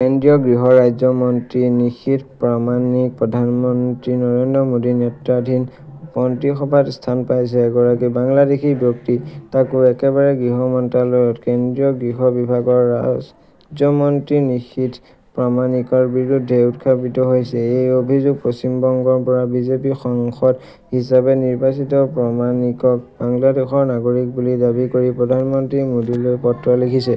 কেন্দ্ৰীয় গৃহ ৰাজ্য মন্ত্ৰী নিশীথ প্ৰামানিক প্ৰধানমন্ত্ৰী নৰেন্দ্ৰ মোদী নেতৃত্বাধীন মন্ত্ৰীসভাত স্থান পাইছে। এগৰাকী বাংলাদেশী ব্যক্তি তাকো একেবাৰে গৃহ মন্ত্ৰ্যালয়ত কেন্দ্ৰীয় গৃহ বিভাগৰ ৰাজ্যমন্ত্ৰী নিশীথ প্ৰামানিকৰ বিৰুদ্ধে উত্থাপিত হৈছে। এই অভিযোগ পশ্চিমবংগৰ পৰা বিজেপি সাংসদ হিচাপে নিৰ্বাচিত প্ৰামানিকক বাংলাদেশৰ নাগৰিক বুলি দাবী কৰি প্ৰধানমন্ত্ৰী মোদীলৈ পত্ৰ লিখিছে।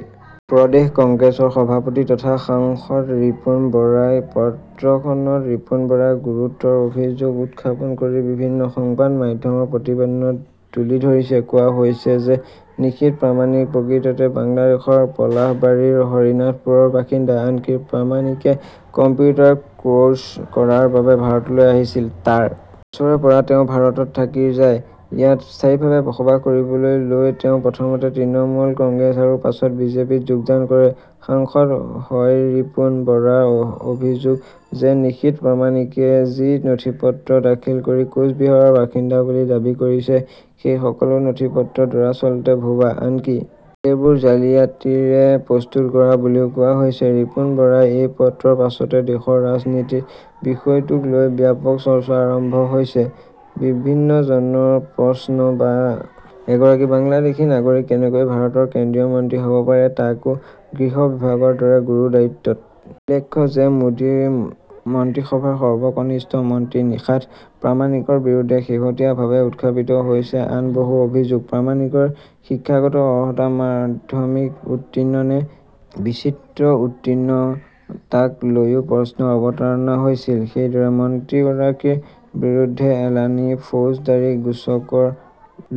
প্ৰদেশ কংগ্ৰেছৰ সভাপতি তথা সাংসদ ৰিপুন বৰাই পত্ৰখনত ৰিপুন বৰাই গুৰুতৰ অভিযোগ উত্থাপন কৰি বিভিন্ন সংবাদ মাধ্যমৰ প্ৰতিবেদন তুলি ধৰিছে। কোৱা হৈছে যে নিশীথ প্ৰামানিক প্ৰকৃততে বাংলাদেশৰ পলাশবাৰীৰ হৰিনাথপুৰৰ বাসিন্দা। আনকি প্ৰামানিকে কম্পিউটাৰ কোৰ্চ কৰাৰ বাবে ভাৰতলৈ আহিছিল। তাৰ পাছৰে পৰা তেওঁ ভাৰতত থাকি যায়। ইয়াত স্থায়ীভাৱে বসবাস কৰিবলৈ লৈ তেওঁ প্ৰথমতে তৃণমূল কংগ্ৰেছ আৰু পাছত বিজেপিত যোগদান কৰে ।সাংসদ হয়ৰিপুন বৰাৰ অভিযোগ যে নিশীথ প্ৰামানিকে যি নথিপত্ৰ দাখিল কৰি কোচবিহাৰৰ বাসিন্দা বুলি দাবী কৰিছে সেই সকলো নথিপত্ৰ দৰাচলতে ভুৱা। আনকি সেইবোৰ জালিয়াতিৰে প্ৰস্তুত কৰা বুলিও কোৱা হৈছে ।ৰিপুন বৰাৰ এই পত্ৰৰ পাছতে দেশৰ ৰাজনীতিত বিষয়টোক লৈ ব্যাপক চৰ্চা আৰম্ভ হৈছে। বিভিন্নজনৰ প্ৰশ্ন যে এগৰাকী বাংলাদেশী নাগৰিক কেনেকৈ ভাৰতৰ কেন্দ্ৰীয় মন্ত্ৰী হব পাৰে তাকো গৃহ বিভাগৰ দৰে গুৰু দায়িত্বত। উল্লেখ্য যে মোদী মন্ত্ৰীসভাৰ সৰ্বকনিষ্ঠ মন্ত্ৰী নিশাথ প্ৰামানিকৰ বিৰুদ্ধে শেহতীয়াভাৱে উত্থাপতি হৈছে আন বহু অভিযোগ প্ৰামানিকৰ শিক্ষাগত অৰ্হতা মাধ্যমিক উত্তীৰ্ণ নে! বিচিএ উত্তীৰ্ণ তাক লৈও প্ৰশ্নৰ অৱতাৰণা হৈছিল। সেইদৰে মন্ত্ৰীগৰাকীৰ বিৰুদ্ধে এলানি ফৌজদাৰি গোচৰক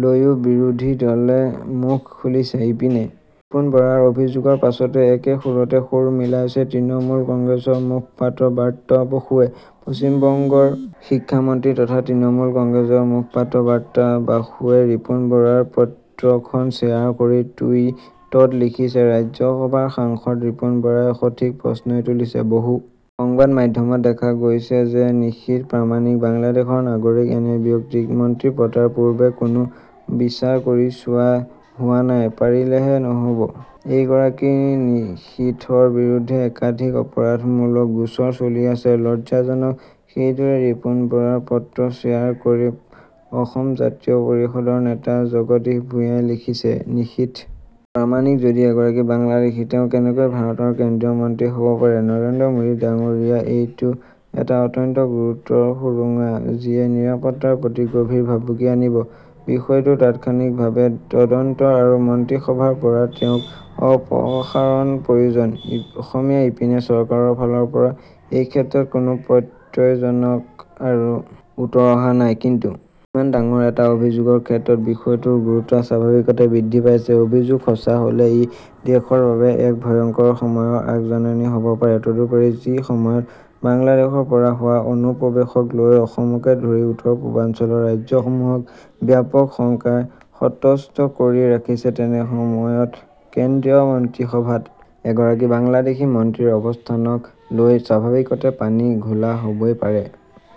লৈও বিৰোধী দলে মুখ খুলিছে। ইপিনে ৰিপুন বৰাৰ অভিযোগৰ পাছতে একে সুৰতে সুৰ মিলাইছে তৃণমূল কংগ্ৰেছৰ মুখপাত্ৰ ব্ৰাত্য বসুৱে । পশ্চিমবংগৰ শিক্ষামন্ত্ৰী তথা তৃণমূল কংগ্ৰেছৰ মুখপাত্ৰ ব্ৰাত্য বসুৱে ৰিপুন বৰাৰ পত্ৰখন শ্বেয়াৰ কৰি টুইটত লিখিছে -ৰাজ্যসভাৰ সাংসদ ৰিপুন বৰাই সঠিক প্ৰশ্নই তুলিছে। বহু সংবাদ মাধ্যমত দেখা গৈছে যে- নিশীথ প্ৰামানিক বাংলাদেশৰ নাগৰিক এনে ব্যক্তিক মন্ত্ৰী পতাৰ পূৰ্বে কোনো বিচাৰ কৰি চোৱা হোৱা নাই পাহৰিলে নহ'ব এইগৰাকী নিশীথৰ বিৰুদ্ধে একাধিক অপৰাধমূলক গোচৰ চলি আছে। লজ্জাজনক সেইদৰে ৰিপুন বৰাৰ পত্ৰ শ্বেয়াৰ কৰি অসম জাতীয় পৰিষদৰ নেতা জগদীশ ভূঞাই লিখিছে। নিশীথ প্ৰামানিক যদি এগৰাকী বাংলাদেশী তেওঁ কেনেকৈ ভাৰতৰ কেন্দ্ৰীয় মন্ত্ৰী হব পাৰে নৰেন্দ্ৰ মোদী ডাঙৰীয়া এইটো এটা অত্যন্ত গুৰুতৰ সুৰুঙা যিয়ে নিৰাপত্তাৰ প্ৰতি গভীৰ ভাবুকি আনিব। বিষয়টোৰ তাৎক্ষণিকভাৱে তদন্তৰ আৰু মন্ত্ৰীসভাৰ পৰা তেওঁক অপসাৰণৰ প্ৰয়োজন, অসমীয়া ইপিনে চৰকাৰৰ ফালৰ পৰা এইক্ষেত্ৰত কোনো প্ৰত্যয়জনক উত্তৰ অহা নাই। কিন্তু ইমান ডাঙৰ এটা অভিযোগৰ ক্ষেত্ৰত বিষয়টোৰ গুৰুত্ব স্বাভাৱিকতে বৃদ্ধি পাইছে। অভিযোগ সঁচা হলে ই দেশৰ বাবে এক ভয়ংকৰ সময়ৰ আগ-জাননী হ'ব পাৰে। তদুপৰি যিসময়ত বাংলাদেশৰ পৰা হোৱা অনুপ্ৰৱেশক লৈ অসমকে ধৰি উত্তৰ-পূৰ্বাঞ্চলৰ ৰাজ্যসমূহক ব্যাপক শংকাই সন্ত্ৰস্ত কৰি ৰাখিছে ,তেনে সময়ত কেন্দ্ৰীয় মন্ত্ৰীসভাত এগৰাকী বাংলাদেশী মন্ত্ৰীৰ অৱস্থানক লৈ স্বাভাৱিকতে পানী ঘোলা হ'বই পাৰে।